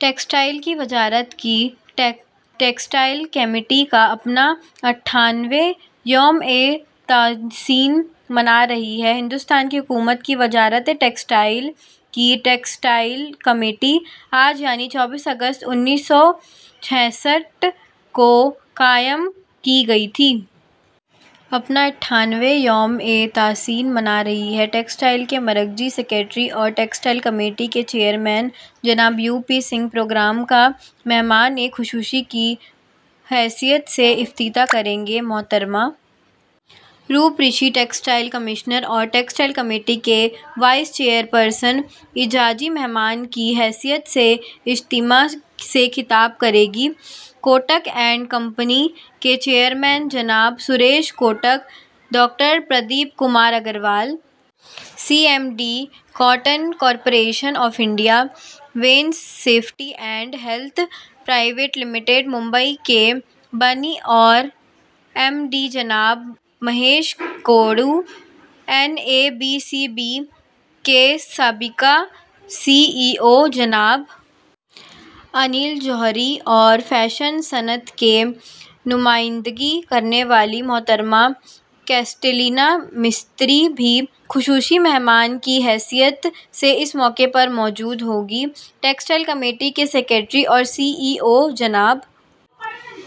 textiles کی وزارت textile committee اپنا اتھاون واں یوم تاسیس منا رہی ہے بھارتی حکومت کی ٹیکسٹائل کی وزارت کی ٹیکسٹائل کمیٹی آج یعنی چوبیس اگست انیس سو چوٹھ کو قائم ہونے کے بعد اپنا اتھاون واں یوم تاسیس منا رہی ہے ٹیکسٹائل کے مرکزی سکریٹری اور ٹیکسٹائل کمیٹی کے چیئرمین جناب یو پی سنگھ پروگرام کا مہمان خصوصی کی حیثیت سے افتتاح کریں گے محترمہ روپ رشی ٹیکسٹائل کمشنر اور ٹیکسٹائل کمیٹی کی وائس چیئر پرسن اعزازی مہمان کی حیثیت سے اجتماع سے خطاب کریں گی کوٹک اینڈ کمپنی کے چیئرمین جناب Suresh Kotak doctor Pradeep Kumar Agarwal C M D cotton corporation of India Venus safety and health private limited Mumbai کے بانی اور ایم ڈی جناب مہیش کودو N A B C B کے سابق سی ای او جناب انل جوہری اور فیشن صنعت کی نمائندگی کرنے والی محترمہ کیسٹلینو مستری بھی خصوصی مہمان کی حیثیت سے اس موقع پر موجود ہوں گی ٹیکسٹائل کمیٹی کے سکریٹری اور سی ای او جناب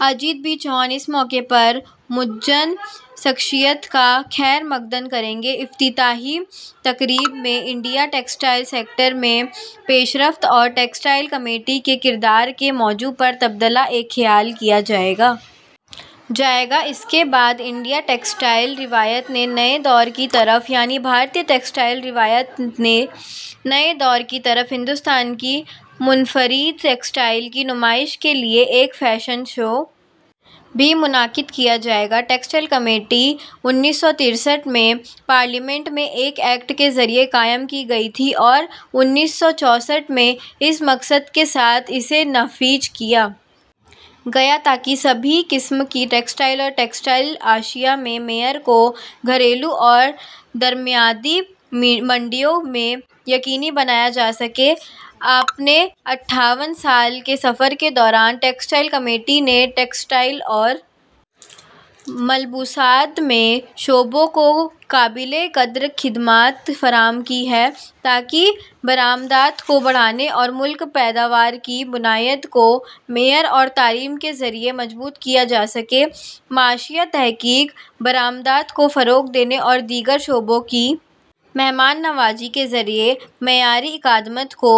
اجیت بی چوہان اس موقع پر معزز شخصیات کا خیر مقدم کریں گے افتتاحی تقریب میں انڈین ٹیکسٹائل سیکٹر میں پیش رفت اور ٹیکسٹائل کمیٹی کے کردار کے موضوع پر تبادلہ خیال کیا جائے گا اس کے بعد انڈین ٹیکسٹائلز روایت سے نئے دور کی طرف یعنی بھارتی ٹیکسٹائل روایات سے نئے دور کی طرف بھارت کی منفرد ٹیکسٹائل کی نمائش کے لیے ایک فیشن شو بھی منعقد کیا جائے گا ٹیکسٹائل کمیٹی انیس سو تریسٹھ میں پارلیمنٹ کے ایک ایکٹ کے ذریعہ قائم کی گئی تھی اور انیس سو چوٹھ میں اس مقصد کے ساتھ اسے نافذ کیا گیا تاکہ سبھی قسم کی ٹیکسٹائل اور ٹیکسٹائل اشیا کے معیار کو گھریلو اور درآمدی منڈیوں میں یقینی بنایا جا سکے اپنے اتھاون سال کے سفر کے دوران ٹیکسٹائل کمیٹی نے ٹیکسٹائل اور ملبوسات کے شعبے کو قابل قدر خدمات فراہم کی ہیں تاکہ برآمدات کو بڑھانے اور ملکی پیداوار کی بنیاد کو معیار اور تعمیل اقتصادی تحقیق برآمدات کو فروغ دینے اور دیگر شعبوں کی میزبانی کے ذریعے معیاری اقدامات کو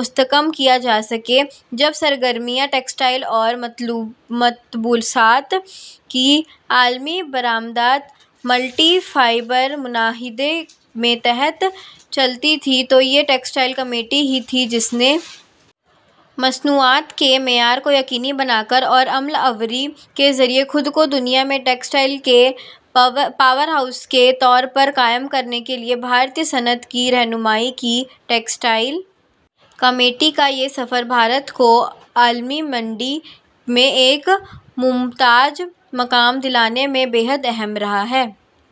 مستحکم کیا جا سکے جب سرگرمیاں ٹیکسٹائل اور ملبوسات کی عالمی برآمدات ملٹی فائبر معاہدے کے تحت چلتی تھیں تو یہ ٹیکسٹائل کمیٹی ہی تھی جس نے مصنوعات کے معیار کو یقینی بنا کر اور عمل آوری کے ذریعے خود کو دنیا میں ٹیکسٹائل کے پاور ہاؤس کے طور پر قائم کرنے کے لیے بھارتی صنعت کی رہنمائی کی ٹیکسٹائل کمیٹی کا یہ سفر بھارت کو عالمی منڈی میں ایک ممتاز مقام دلانے میں بے حد اہم رہا ہے